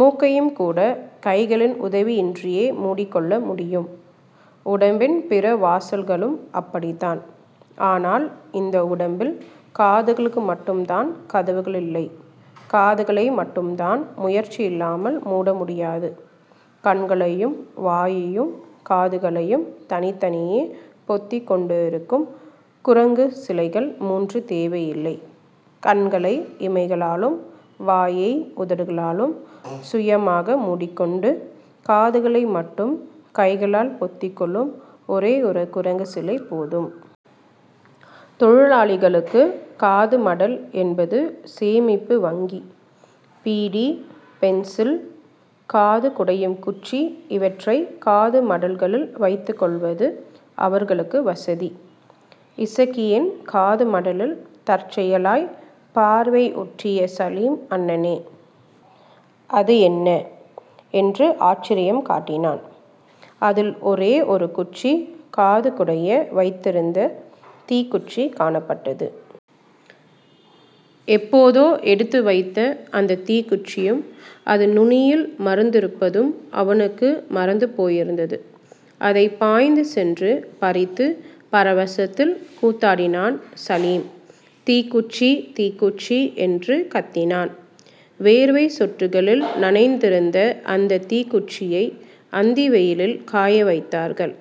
முக்கையும்கூடக் கைகளின் உதவியின்றியே முடிக்கொள்ள முடியும். உடம்பின் பிற வாசல்களும் அப்படித்தான். ஆனால், இந்த உடம்பில் காதுகளுக்கு மட்டும்தான் கதவுகளில்லை. காதுகளை மட்டும்தான் முயற்சி இல்லாமல் முட முடியாது. கண்களையும் வாயையும் காதுகளையும் தனித்தனியே பொத்திக் கொண்டிருக்கும் குரங்குச் சிலைகள் முன்று தேவையில்லை. கண்களை இமைகளாலும் வாயை உதடுகளாலும் சுயமாக முடிக்கொண்டு, காதுகளை மட்டும் கைகளால் பொத்திக்கொள்ளும் ஒரே ஒரு குரங்குச் சிலை போதும். தொழிலாளிகளுக்குக் காதுமடல் என்பது சேமிப்பு வங்கி. பீடி, பென்சில், காது குடையும் குச்சி இவற்றைக் காதுமடல்களில் வைத்துக்கொள்வது அவர்களுக்கு வசதி. இசக்கியின் காதுமடலில் தற்செயலாய்ப் பார்வை ஓட்டிய சலீம், அண்ணே. அது என்ன? என்று ஆச்சரியம் காட்டினான். அதில் ஒரே ஒரு குச்சி காது குடைய வைத்திருந்த தீக்குச்சி காணப்பட்டது. எப்போதோ எடுத்து வைத்த அந்தத் தீக்குச்சியும் அதன் நுனியில் மருந்திருப்பதும் அவனுக்கு மறந்து போயிருந்தது. அதைப் பாய்ந்துசென்று பறித்துப் பரவசத்தில் கூத்தாடினான் சலீம். தீக்குச்சி. தீக்குச்சி. என்று கத்தினான். வேர்வைச் சொட்டுகளில் நனைந்திருந்த அந்தத் தீக்குச்சியை அந்திவெயிலில் காயவைத்தார்கள்.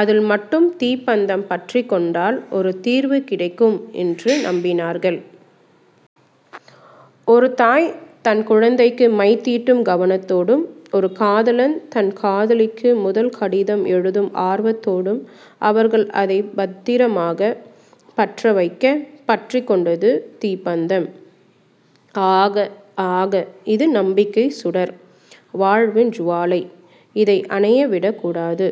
அதில் மட்டும் தீப்பந்தம் பற்றிக்கொண்டால் ஒரு தீர்வு கிடைக்கும் என்று நம்பினார்கள். ஒரு தாய் தன் குழந்தைக்கு மைதீட்டும் கவனத்தோடும், ஒரு காதலன் தன் காதலிக்கு முதல் கடிதம் எழுதும் ஆர்வத்தோடும் அவர்கள் அதைப் பத்திரமாகப் பற்றவைக்க, பற்றிக்கொண்டது தீப்பந்தம். ஆகா. ஆகா. இது நம்பிக்கைச் சுடர். வாழ்வின் ஜுவாலை. இதை அணைய விடக்கூடாது.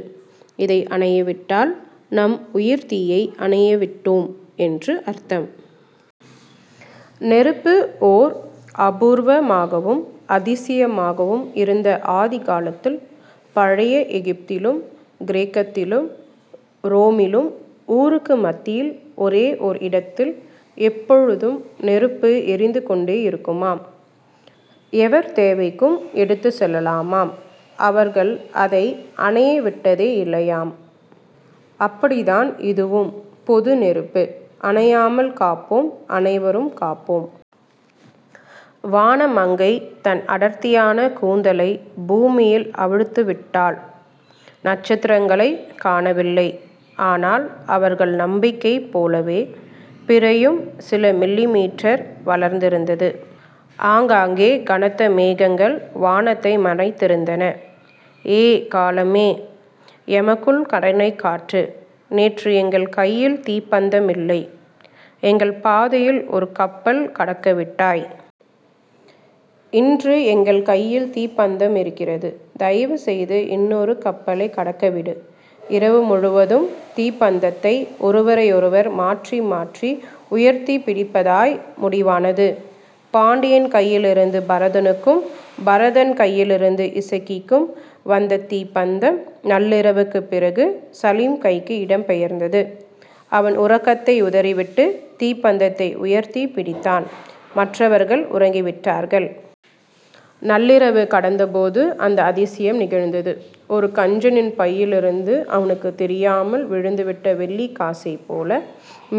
இதை அணையவிட்டால், நம் உயிர்த்தீயை அணையவிட்டோ ம் என்று அர்த்தம். நெருப்பு ஓர் அபூர்வமாகவும் அதிசயமாகவும் இருந்த ஆதிகாலத்தில், பழைய எகிப்திலும் கிரேக்கத்திலும் ரோமிலும் ஊருக்கு மத்தியில் ஒரே ஓர் இடத்தில், எப்போதும் நெருப்பு எரிந்து கொண்டேயிருக்குமாம். எவர் தேவைக்கும் எடுத்துச் செல்லலாமாம். அவர்கள் அதை அணையவிட்டதில்லையாம். அப்படித்தான் இதுவும் பொதுநெருப்பு. அணையாமல் காப்போம். அனைவரும் காப்போம். வானமங்கை தன் அடர்த்தியான கூந்தலைப் பூமியில் அவிழ்த்துவிட்டாள். நட்சத்திரங்களைக் காணவில்லை. ஆனால், அவர்கள் நம்பிக்கையைப் போலவே, பிறையும் சில மில்லிமீட்டர் வளர்ந்திருந்தது. அங்கங்கே கனத்த மேகங்கள் வானத்தை மறைத்திருந்தன. ஏ காலமே. எமக்குக் கருணை காட்டு. நேற்று எங்கள் கையில் தீப்பந்தமில்லை. எங்கள் பாதையில் ஒரு கப்பல் கடக்கவிட்டாய். இன்று எங்கள் கையில் தீப்பந்தமிருக்கிறது, தயவுசெய்து இன்னொரு கப்பலைக் கடக்கவிடு. இரவு முழுவதும் தீப்பந்தத்தை ஒருவரையெருவர் மாற்றி மாற்றி உயர்த்திப் பிடிப்பதாய் முடிவானது. பாண்டியின் கையிலிருந்து பரதனுக்கும், பரதன் கையிலிருந்து இசக்கிக்கும் வந்த தீப்பந்தம் நள்ளிரவுக்குப் பிறகு சலீம் கைக்கு இடம் பெயர்ந்தது. அவன் உறக்கத்தை உதறிவிட்டுத் தீப்பந்தத்தை உயர்த்திப் பிடித்தான், மற்றவர்கள் உறங்கிவிட்டார்கள். நள்ளிரவு கடந்தபோது, அந்த அதிசயம் நிகழ்ந்தது. ஒரு கஞ்சனின் பையிலிருந்து அவனுக்குத் தெரியாமல் விழுந்துவிட்ட வெள்ளிக் காசைப்போல,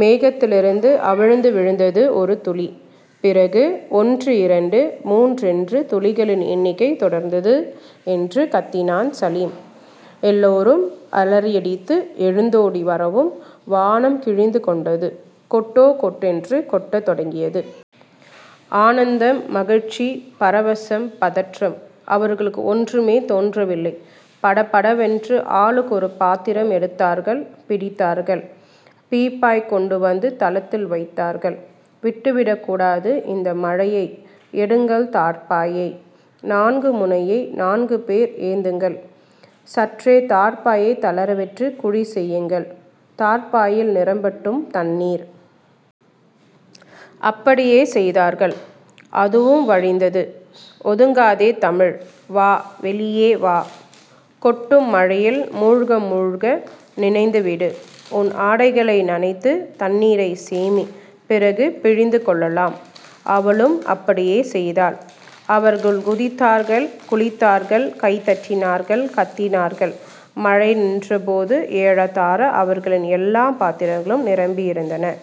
மேகத்திலிருந்து அவிழ்ந்து விழுந்தது ஒரு துளி. பிறகு, ஒன்றிரண்டு முன்றென்று துளிகளின் எண்ணிக்கை தொடர்ந்தது. என்று கத்தினான் சலீம். எல்லோரும் அலறியடித்து எழுந்தோடி வரவும் வானம் கிழிந்து கொண்டது கொட்டோ கொட்டேன்று கொட்டத் தொடங்கியது. ஆனந்தம் அதிர்ச்சி பரவசம் பதற்றம்.... அவர்களுக்கு ஒன்றுமே தோன்றவில்லை. படபடவென்று ஆளுக்கொரு பாத்திரம் எடுத்தார்கள், பிடித்தார்கள். பீப்பாய் கொண்டுவந்து தளத்தில் வைத்தார்கள் விட்டுவிடக்கூடாது இந்த மழையை எடுங்கள் தார்ப்பாயை. நான்கு முனையை நான்கு பேர் ஏந்துங்கள் சற்றே தார்ப்பாயைத் தளரவிட்டுக் குழி செய்யுங்கள், தார்ப்பாயில் நிரம்பட்டும் தண்ணீர். அப்படியே செய்தார்கள், அதுவும் வழிந்தது. ஒதுங்காதே தமிழ். வா, வெளியே வா. கொட்டும் மழையில் முழுக்க முழுக்க நனைந்துவிடு. உன் ஆடைகளை நனைத்துத் தண்ணீரைச் சேமி, பிறகு பிழிந்து கொள்ளலாம், அவளும் அப்படியே செய்தாள். அவர்கள் குதித்தார்கள் குளித்தார்கள் கைதட்டினார்கள், கத்தினார்கள். மழை நின்றபோது, ஏறத்தாழ அவர்களின் எல்லாப் பாத்திரங்களும் நிரம்பியிருந்தன.